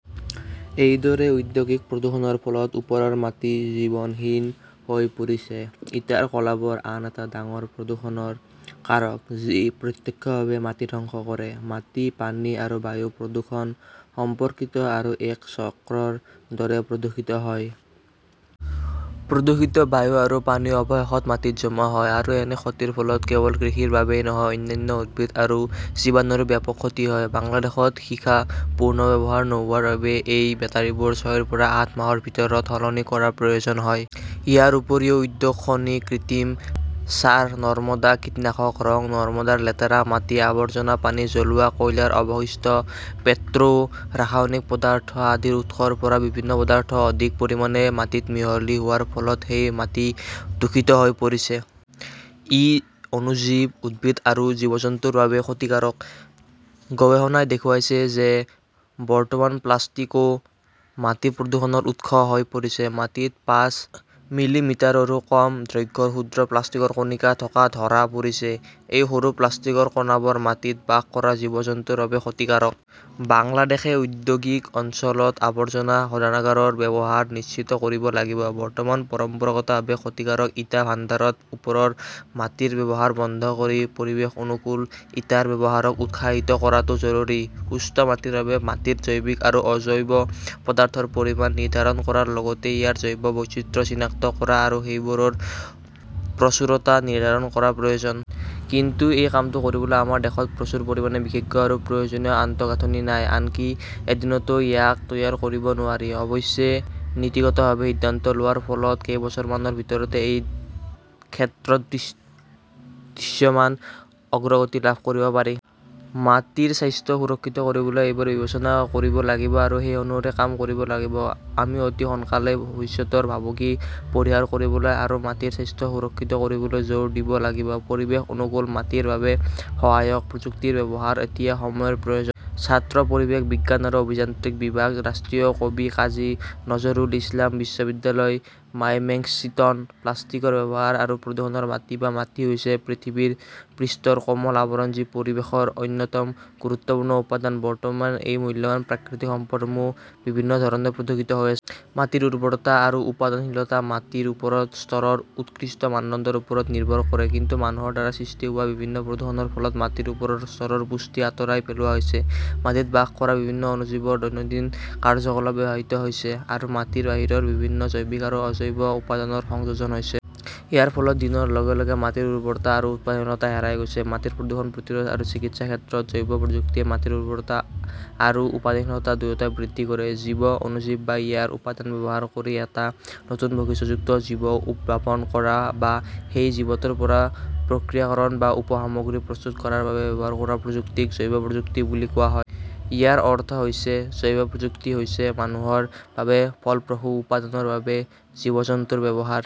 এইদৰে ঔদ্যোগিক প্ৰদূষণৰ ফলত ওপৰৰ মাটি জীৱনহীন হৈ পৰিছে। ইটাৰ কলাবোৰ আন এটা ডাঙৰ প্ৰদূষণৰ কাৰক, যি প্ৰত্যক্ষভাৱে মাটি ধ্বংস কৰে। মাটি, পানী আৰু বায়ু প্ৰদূষণ সম্পৰ্কিত আৰু এক চক্ৰৰ দৰে প্ৰদূষিত হয়। প্ৰদূষিত বায়ু আৰু পানী অৱশেষত মাটিত জমা হয়। আৰু এনে ক্ষতিৰ ফলত কেৱল কৃষিৰ বাবেই নহয়, অন্যান্য উদ্ভিদ আৰু জীৱাণুৰো ব্যাপক ক্ষতি হয়। বাংলাদেশত সীসা পুনৰ্ব্যৱহাৰ নোহোৱাৰ বাবে এই বেটাৰিবোৰ ছয়ৰ পৰা আঠ মাহৰ ভিতৰত সলনি কৰাৰ প্ৰয়োজন হয়। ইয়াৰ উপৰিও, উদ্যোগ, খনি, কৃত্ৰিম ছাৰ, নৰ্দমা কীটনাশক, ৰং, নৰ্দমাৰ লেতেৰা মাটি, আৱৰ্জনা পানী, জ্বলোৱা কয়লাৰ অৱশিষ্ট, পেট্ৰ'-ৰাসায়নিক পদাৰ্থ আদিৰ উৎসৰ পৰা বিভিন্ন পদাৰ্থ অধিক পৰিমাণে মাটিত মিহলি হোৱাৰ ফলত সেই মাটি দূষিত হৈ পৰিছে। ই অণুজীৱ, উদ্ভিদ আৰু জীৱ-জন্তুৰ বাবে ক্ষতিকাৰক। গৱেষণাই দেখুৱাইছে যে, বৰ্তমান প্লাষ্টিকো মাটি প্ৰদূষণৰ উৎস হৈ পৰিছে। মাটিত পাঁচ মিলিমিটাৰৰো কম দৈৰ্ঘ্যৰ ক্ষুদ্ৰ প্লাষ্টিকৰ কণিকা থকা ধৰা পৰিছে। এই সৰু প্লাষ্টিকৰ কণাবোৰ মাটিত বাস কৰা জীৱ-জন্তুৰ বাবে ক্ষতিকাৰক। বাংলাদেশে ঔদ্যোগিক অঞ্চলত আৱৰ্জনা শোধনাগাৰৰ ব্যৱহাৰ নিশ্চিত কৰিব লাগিব, বৰ্তমান পৰম্পৰাগতভাৱে ক্ষতিকাৰক ইটা ভাণ্ডাৰত ওপৰৰ মাটিৰ ব্যৱহাৰ বন্ধ কৰি পৰিৱেশ অনুকূল ইটাৰ ব্যৱহাৰক উৎসাহিত কৰাটো জৰুৰী। সুস্থ মাটিৰ বাবে মাটিৰ জৈৱিক আৰু অজৈব পদাৰ্থৰ পৰিমাণ নিৰ্ধাৰণ কৰাৰ লগতে ইয়াৰ জৈৱ বৈচিত্ৰ্য চিনাক্ত কৰা আৰু সেইবোৰৰ প্ৰচুৰতা নিৰ্ধাৰণ কৰাৰ প্ৰয়োজন। কিন্তু এই কামটো কৰিবলৈ আমাৰ দেশত প্ৰচুৰ পৰিমাণে বিশেষজ্ঞ আৰু প্ৰয়োজনীয় আন্তঃগাঁথনি নাই। আনকি এদিনতো ইয়াক তৈয়াৰ কৰিব নোৱাৰি। অৱশ্যে, নীতিগতভাৱে সিদ্ধান্ত লোৱাৰ ফলত কেইবছৰমানৰ ভিতৰতে এই ক্ষেত্ৰত দৃশ্যমান অগ্ৰগতি লাভ কৰিব পাৰি। মাটিৰ স্বাস্থ্য সুৰক্ষিত কৰিবলৈ এইবোৰ বিবেচনা কৰিব লাগিব আৰু সেই অনুসৰি কাম কৰিব লাগিব। আমি অতি সোনকালেই ভৱিষ্যতৰ ভাবুকি পৰিহাৰ কৰিবলৈ আৰু মাটিৰ স্বাস্থ্য সুৰক্ষিত কৰিবলৈ জোৰ দিব লাগিব। পৰিৱেশ অনুকূল মাটিৰ বাবে সহায়ক প্ৰযুক্তিৰ ব্যৱহাৰ এতিয়া সময়ৰ প্ৰয়োজন। ছাত্ৰ, পৰিৱেশ বিজ্ঞান আৰু অভিযান্ত্ৰিক বিভাগ, ৰাষ্ট্ৰীয় কবি কাজী নজৰুল ইছলাম বিশ্ববিদ্যালয়, মাইমেশ্বিংটন। প্লাষ্টিকৰ ব্যৱহাৰ আৰু প্ৰদূষণ মাটি বা মাটি হৈছে পৃথিৱীৰ পৃষ্ঠৰ কোমল আৱৰণ যি পৰিৱেশৰ অন্যতম গুৰুত্বপূৰ্ণ উপাদান। বৰ্তমান এই মূল্যৱান প্ৰাকৃতিক সম্পদসমূহ বিভিন্ন ধৰণে প্ৰদূষিত হৈ আছে। মাটিৰ উৰ্বৰতা আৰু উৎপাদনশীলতা মাটিৰ ওপৰৰ স্তৰৰ উৎকৃষ্ট মানদণ্ডৰ ওপৰত নিৰ্ভৰ কৰে। কিন্তু মানুহৰ দ্বাৰা সৃষ্টি হোৱা বিভিন্ন প্ৰদূষণৰ ফলত মাটিৰ ওপৰৰ স্তৰৰ পুষ্টি আঁতৰাই পেলোৱা হৈছে, মাটিত বাস কৰা বিভিন্ন অণুজীৱৰ দৈনন্দিন কাৰ্যকলাপ ব্যাহত হৈছে, আৰু মাটিৰ বাহিৰৰ বিভিন্ন জৈৱিক আৰু অজৈব উপাদানৰ সংযোজন হৈছে। ইয়াৰ ফলত দিনৰ লগে লগে মাটিৰ উৰ্বৰতা আৰু উৎপাদনশীলতা হেৰাই গৈছে। মাটিৰ প্ৰদূষণ প্ৰতিৰোধ আৰু চিকিৎসাৰ ক্ষেত্ৰত জৈৱ প্ৰযুক্তিয়ে মাটিৰ উৰ্বৰতা আৰু উৎপাদনশীলতা দুয়োটাই বৃদ্ধি কৰে। জীৱ, অণুজীৱ বা ইয়াৰ উপাদান ব্যৱহাৰ কৰি এটা নতুন বৈশিষ্ট্যযুক্ত জীৱ উদ্ভাৱন কৰা বা সেই জীৱটোৰ পৰা প্ৰক্ৰিয়াকৰণ বা উপ-সামগ্ৰী প্ৰস্তুত কৰাৰ বাবে ব্যৱহাৰ কৰা প্ৰযুক্তিক জৈৱ প্ৰযুক্তি বুলি কোৱা হয়। ইয়াৰ অৰ্থ হৈছে, জৈৱ প্ৰযুক্তি হৈছে মানুহৰ বাবে ফলপ্ৰসূ উৎপাদনৰ বাবে জীৱ-জন্তুৰ ব্যৱহাৰ।